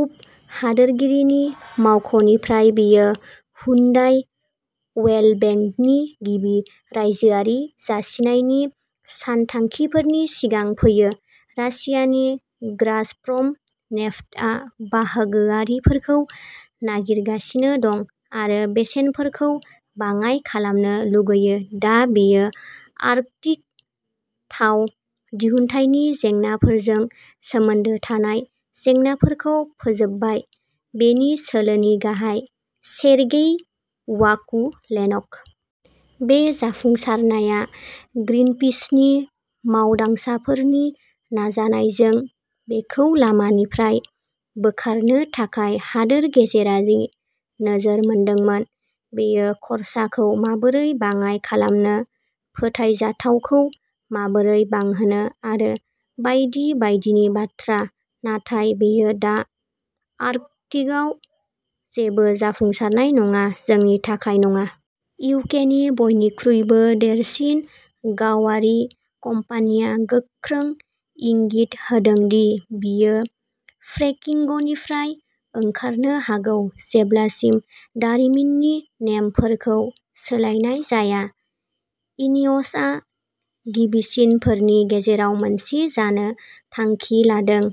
उप हादोरगिरिनि मावख'निफ्राय बेयो हुन्डाइ अइलबेंकनि गिबि रायजोआरि जासिनायनि सानथांखिफोरनि सिगां फैयो। रासियानि गाजप्रम नेफ्टआ बाहागोआरिफोरखौ नागिरगासिनो दं आरो बेसेनफोरखौ बाङाय खालामनो लुगैयो दा बेयो आर्कटिक थाव दिहुन्थायनि जेंनाफोरजों सोमोन्दो थानाय जेंनाफोरखौ फोजोबबाय बेनि सोलोनि गाहाय 'सेरगेइ वाकुलेनक'। बे जाफुंसारनाया ग्रीनपिसनि मावदांसाफोरनि नाजानायजों बेखौ लामानिफ्राय बोखारनो थाखाय हादोर गेजेरारि नोजोर मोनदोंमोन। "बेयो खरसाखौ माबोरै बाङाय खालामनो, फोथायजाथावखौ माबोरै बांहोनो आरो बायदि बायदिनि बाथ्रा, नाथाय बेयो दा आर्कटिकआव जेबो जाफुंसारनाय नङा जोंनि थाखाय नङा। इउकेनि बयनिख्रुइबो देरसिन गावारि कम्पानिया" गोख्रों इंगित "होदों दि बियो फ्रेकिंगनिफ्राय ओंखारनो हागौ जेब्लासिम दारिमिननि नेमफोरखौ सोलायनाय जाया। इनिय'सआ गिबिसिनफोरनि गेजेराव मोनसे जानो थांखि लादों।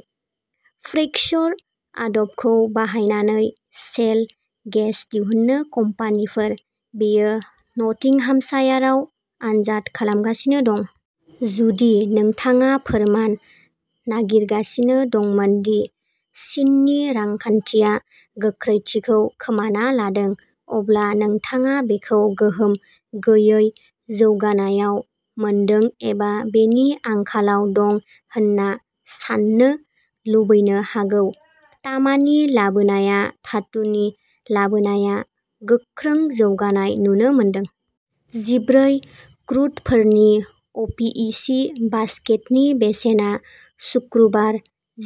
फ्रैक्चर आदबखौ बाहायनानै शेल गेस दिहुननो कम्पानिफोर। बेयो नटिंहामशायारआव आनजाद खालामगासिनो दं। जुदि नोंथाङा फोरमान नागिरगासिनो दंमोन दि चीननि रांखान्थिया गोख्रैथिखौ खोमाना लादों अब्ला नोंथाङा बेखौ गोहोम गैयै जौगानायाव मोनदों एबा बेनि आंखालाव दं होनना साननो लुबैनो हागौ। तामानि लाबोनाया धातुनि लाबोनाया गोख्रों जौगानाय नुनो मोनदों। जिब्रै क्रुडफोरनि अ'पिइसि बास्केटनि बेसेना सुक्रुबार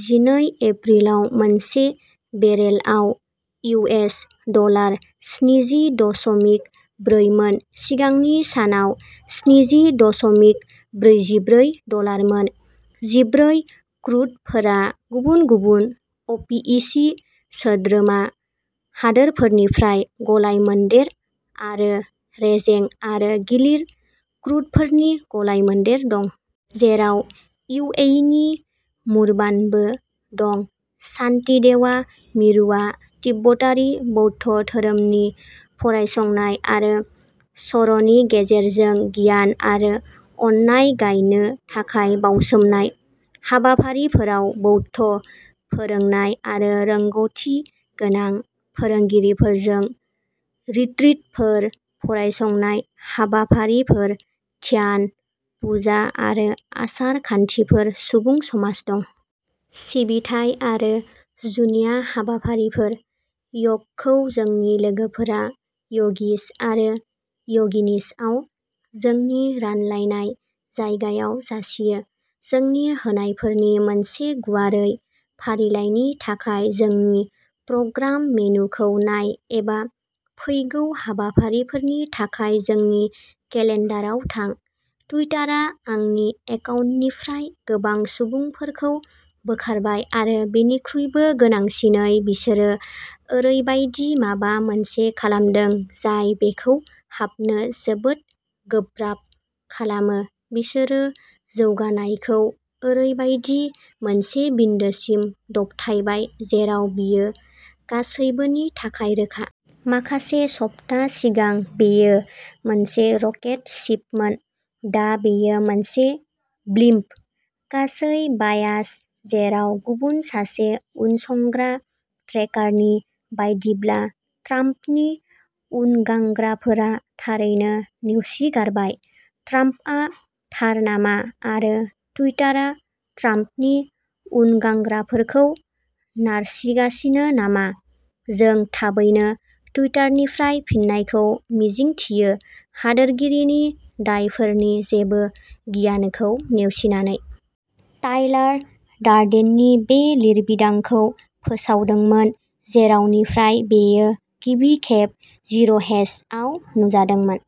जिनै एप्रिलाव मोनसे बेरेलआव इउएस डलार स्निजि दश'मिक ब्रै मोन सिगांनि सानाव स्निजि दश'मिक ब्रैजिब्रै डलार मोन। जिब्रै क्रुडफोरा गुबुन गुबुन अ'पिइसि सोद्रोमा हादोरफोरनिफ्राय गलाय-मोनदेर आरो रेजें आरो गिलिर क्रुडफोरनि गलाय-मोनदेर दं। जेराव इउएइनि मुर्बानबो दं। शान्तिदेवा मिरुआ तिब्बतारि बौद्ध धोरोमनि फरायसंनाय आरो सर'नि गेजेरजों गियान आरो अननाय गायनो थाखाय बावसोमनाय। हाबाफारिफोराव बौद्ध फोरोंनाय आरो रोंग'थिगोनां फोरोंगिरिफोरजों रिट्रिटफोर, फरायसंनाय हाबाफारिफोर, ध्यान, पुजा आरो आसार-खान्थिफोर, सुबुं समाज दं। सिबिथाइ आरो जुनिया हाबाफारिफोर। य'गखौ जोंनि लोगोफोरा य'गिस आरो य'गिनिसआव जोंनि रानलायनाय जायगायाव जासियो। जोंनि होनायफोरनि मोनसे गुवारै फारिलाइनि थाखाय जोंनि प्रग्राम मेनुखौ नाय एबा फैगौ हाबाफारिफोरनि थाखाय जोंनि केलेन्डाराव थां। टुइटारआ आंनि एकाउन्टनिफ्राय गोबां सुबुंफोरखौ बोखारबाय आरो बेनिख्रुइबो गोनांसिनै बिसोरो ओरैबायदि माबा मोनसे खालामदों जाय बेखौ हाबनो जोबोद गोब्राब खालामो बिसोरो जौगानायखौ ओरैबायदि मोनसे बिन्दोसिम दबथायबाय जेराव बियो गासैबोनि थाखाय रोखा। माखासे सप्ता सिगां बेयो मोनसे रकेट शिपमोन दा बेयो मोनसे ब्लिम्प। गासै बायास जेराव गुबुन सासे उनसंग्रा ट्रेकारनि बायदिब्ला ट्राम्पनि उनगांग्राफोरा थारैनो नेवसिगारबाय। ट्राम्पआ थार नामा, आरो टुइटारआ ट्राम्पनि उनगांग्राफोरखौ नारसिगासिनो नामा? जों थाबैनो टुइटारनिफ्राय फिननायखौ मिजिंथियो, हादोरगिरिनि दायफोरनि जेबो गियानखौ नेवसिनानै। टाइलार डार्डेननि बे लिरबिदांखौ फोसावदोंमोन जेरावनिफ्राय बेयो गिबि खेब जिर'हेजआव नुजादोंमोन।